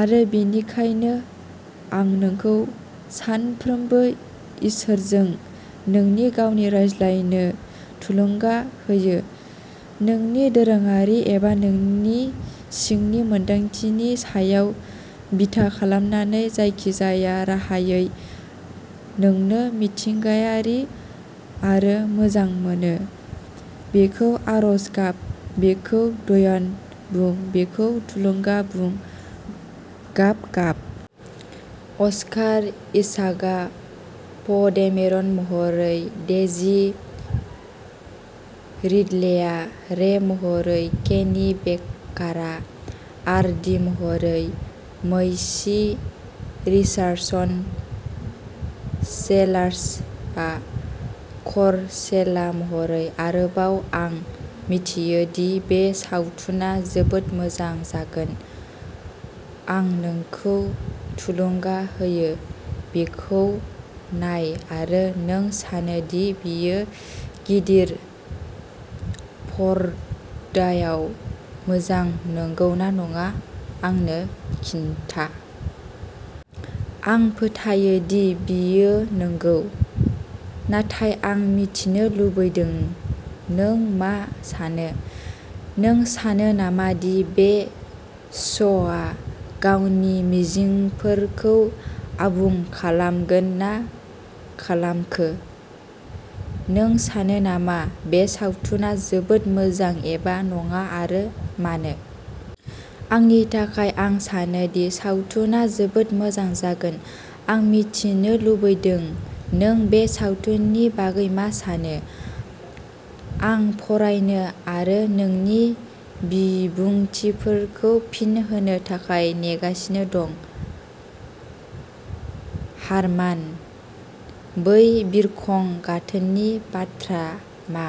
आरो बेनिखायनो, आं नोंखौ सानफ्रोमबो इसोरजों नोंनि गावनि रायज्लायनो थुलुंगा होयो, नोंनि दोरोङारि एबा नोंनि सिंनि मोनदांथिनि सायाव बिथा खालामनानै, जायखिजाया राहायै नोंनो मिथिंगायारि आरो मोजां मोनो। बेखौ आरज गाब, बेखौ ध्यान बुं, बेखौ थुलुंगा बुं, गाब गाब। अस्कार इसाकआ प'डेमेरन महरै, डेजी रिडलेया रे महरै, केनी बेकारआ आर डी महरै, मैसी रिचार्डसन सेलार्सआ कर सेल्ला महरै। आरोबाव, आं मिथियो दि बे सावथुना जोबोद मोजां जागोन। आं नोंखौ थुलुंगा होयो। बेखौ नाय आरो नों सानो दि बेयो गिदिर पर्दायाव मोजां नंगौ ना नङा आंनो खिन्था? आं फोथायो दि बेयो नंगौ, नाथाय आं मिथिनो लुबैदों नों मा सानो। नों सानो नामा दि बे श'आ गावनि मिजिंफोरखौ आबुं खालामगोन ना खालामखो? नों सानो नामा बे सावथुना जोबोद मोजां एबा नङा आरो मानो? आंनि थाखाय आं सानो दि सावथुना जोबोद मोजां जागोन। आं मिथिनो लुबैदों नों बे सावथुननि बागै मा सानो। आं फरायनो आरो नोंनि बिबुंथिफोरखौ फिन होनो थाखाय नेगासिनो दं। हारमानः बै बिरखं गाथोननि बाथ्रा मा?